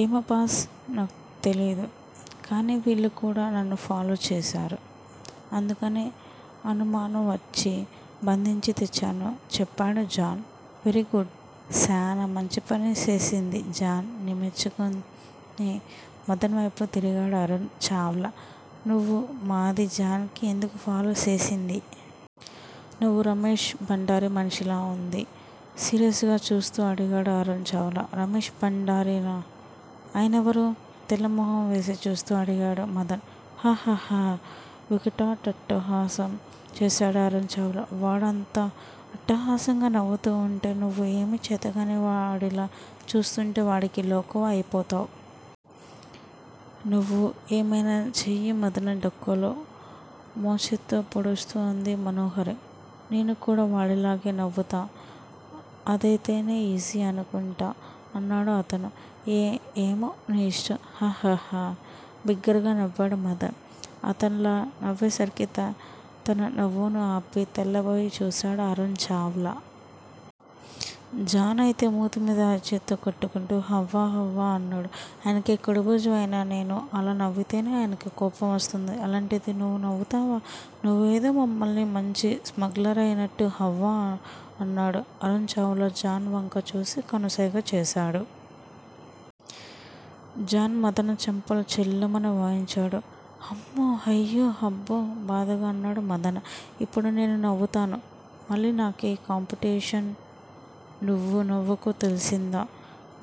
ఏమో బాస్ నాకు తెలీదు. కానీ వీళ్ళు కూడా నన్ను ఫాలో చేశారు. అందుకని అనుమానం వచ్చి బంధించి తెచ్చాను చెప్పాడు జాన్. వెరీగుడ్! శానా మంచి పని సేసింది జాన్ ని మెచ్చుకుని మదన్ వైపు తిరిగాడు అరుణ్ చావ్లా. నువ్వు మాది జాన్ కి ఎందుకు ఫాలో సేసింది? నువ్వు రమేష్ భండారీ మన్షీలా వుంది? సీరియస్ గా చూస్తూ అడిగాడు అరుణ్ చావ్లా. రమేష్ భండారీనా? ఆయనెవరు? తెల్లమొహం వేసి చూస్తూ అడిగాడు మదన్. హ్హహ్హహ్హ వికటాట్టహాసం చేశాడు అరుణ్ చావ్లా. వాడు అంత అట్టహాసంగా నవ్వుతూ వుంటే నువ్వు ఏమీ చేతకాని వాడిలా చూస్తుంటే వాడికి లోకువ అయిపోతావ్. నువ్వూ ఏమైనా చెయ్యి మదన డొక్కలో మోచేత్తో పొడుస్తూ అంది మనోహరి. నేను కూడా వాడిలాగే నవ్వుతా అదైతేనే ఈజీ అనుకుంటా అన్నాడు అతను. ఏమో నీ ఇష్టం. హ్హ హ్హ హ్హ. బిగ్గరగా నవ్వాడు మదన్. అతనలా నవ్వేసరికి తన నవ్వును ఆపి తెల్లబోయి చూశాడు అరుణ్ చావ్లా. జాన్ అయితే మూతిమీద అరచేత్తో కొట్టుకుంటూ హవ్వ హవ్వ అన్నాడు. ఆయనకీ కుడిభుజం అయినా నేను అలా నవ్వితేనే ఆయనకు కోపం వస్తుంది అలాంటిది నువ్వు నవ్వుతావా నువ్వేదో మమ్మల్ని మించిన స్మగ్లర్ అయినట్టు హవ్వ అన్నాడు. అరుణ్ చావ్లా జాన్ వంక చూసి కనుసైగ చేశాడు. జాన్ మదన చెంపలు చెళ్ళుమని వాయించాడు. హమ్మో హయ్యో హబ్బో బాధగా అన్నాడు మదన్. ఇప్పుడూ నేనూ నవ్వుతాను. మళ్ళీ నాకీ కాంపిటీషన్ నువ్వూ నవ్వకు తెల్సిందా?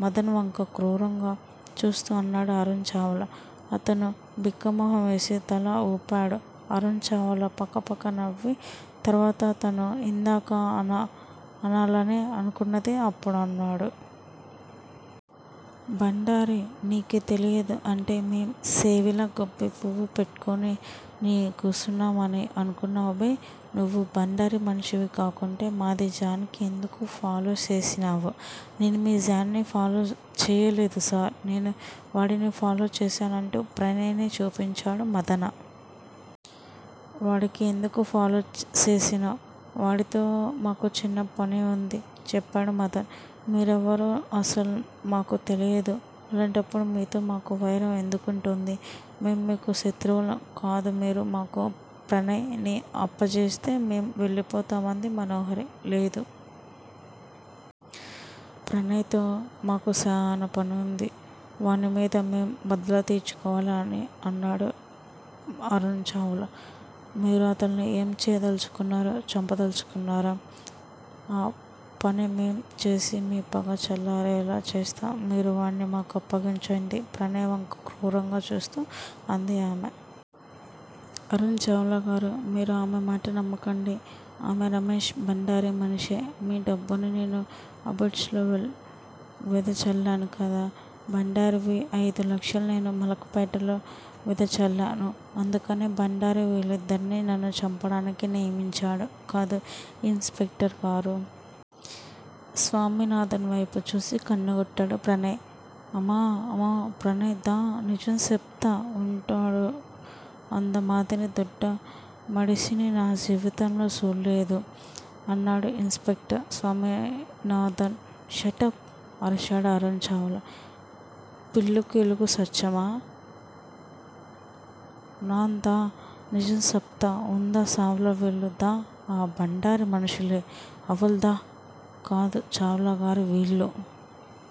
మదన్ వంక క్రూరంగా చూస్తూ అన్నాడు అరుణ్ చావ్లా. అతను బిక్కమొహంవేసి తల వూపాడు. అరుణ్ చావ్లా పకపకా నవ్వి తర్వాత తను యిందాక అనాలని అనుకున్నది అప్పుడు అన్నాడు. భండారీ నీకీ తెలీయద్ అంటే మేం సేవిలా గోబ్బీపువ్వు పెట్కు నీ కూసునాం అని అనుకున్నావ్ బే నువ్వూ భండారీ మనిషివీ కాకుంటే మాదీ జాన్ కీ ఎంద్కూ ఫాలో సేసినావు? నేను మీ జాన్ ని ఫాలో చెయ్యలేదు సార్ నేను వాడిని ఫాలో చేశాను అంటూ ప్రణయ్ ని చూపించాడు మదన. వాడికీ ఎందుకూ ఫాలో సేసినావ్? వాడితో మాకు చిన్నపని వుంది చెప్పాడు మదన్. మీరెవరో అసలు మాకు తెలీదు అలాంటప్పుడు మీతో మాకు వైరం ఎందుకుంటుందీ? మేము మీకు శత్రువులం కాదు మీరు మాకు ప్రణయ్ ని అప్పజేప్తే మేం వెళ్ళిపోతాం అంది మనోహరి. లేదు! ప్రణయ్ తో మాకు శానా పని వుంది వానిమీద మేం బద్లా తీర్చుకోవాలి అన్నాడు అరుణ్ చావ్లా. మీరు అతన్ని ఏం చెయ్యదల్చుకున్నారు చంపదల్చుకున్నారా? ఆ పని మేం చేసి మీ పగ చల్లారేలా చేస్తాం మీరు వాడ్ని మాకు అప్పగించండి ప్రణయ్ వంక క్రూరంగా చూస్తూ అంది ఆమె. అరుణ్ చావ్లాగారూ మీరు ఆమె మాట నమ్మకండి. ఆమె రమేష్ భండారీ మనిషే మీ డబ్బుని నేను అబిడ్స్ లో వెదచల్లాను కదా! భండారీవి అయిదు లక్షలు నేను మలక్ పేటలో వెదచల్లాను అందుకని భండారీ వీళ్ళిద్దర్నీ నన్ను చంపడానికి నియమించాడు కదూ ఇన్స్ పెక్టర్ గారూ? స్వామినాథన్ వైపు చూసి కన్నుగొట్టాడు ప్రణయ్. అమా అమా ప్రణయ్ దా నిజం సెప్తా వుండాడు అంద మాదిరి దొడ్డ మడిసిని నా జీవితంలో సూళ్ళేదు అన్నాడు ఇన్స్ పెక్టర్ స్వామినాథన్. షటప్! అరిచాడు అరుణ్ చావ్లా. పిల్లుకు ఎలుకు సాచ్చమా? నాన్ దా నిజం సెప్తా వుందా చావ్లా వీళ్ళు దా ఆ భండారీ మనుషులే? అవళ్ దా. కాదు చావ్లాగారూ వీళ్ళు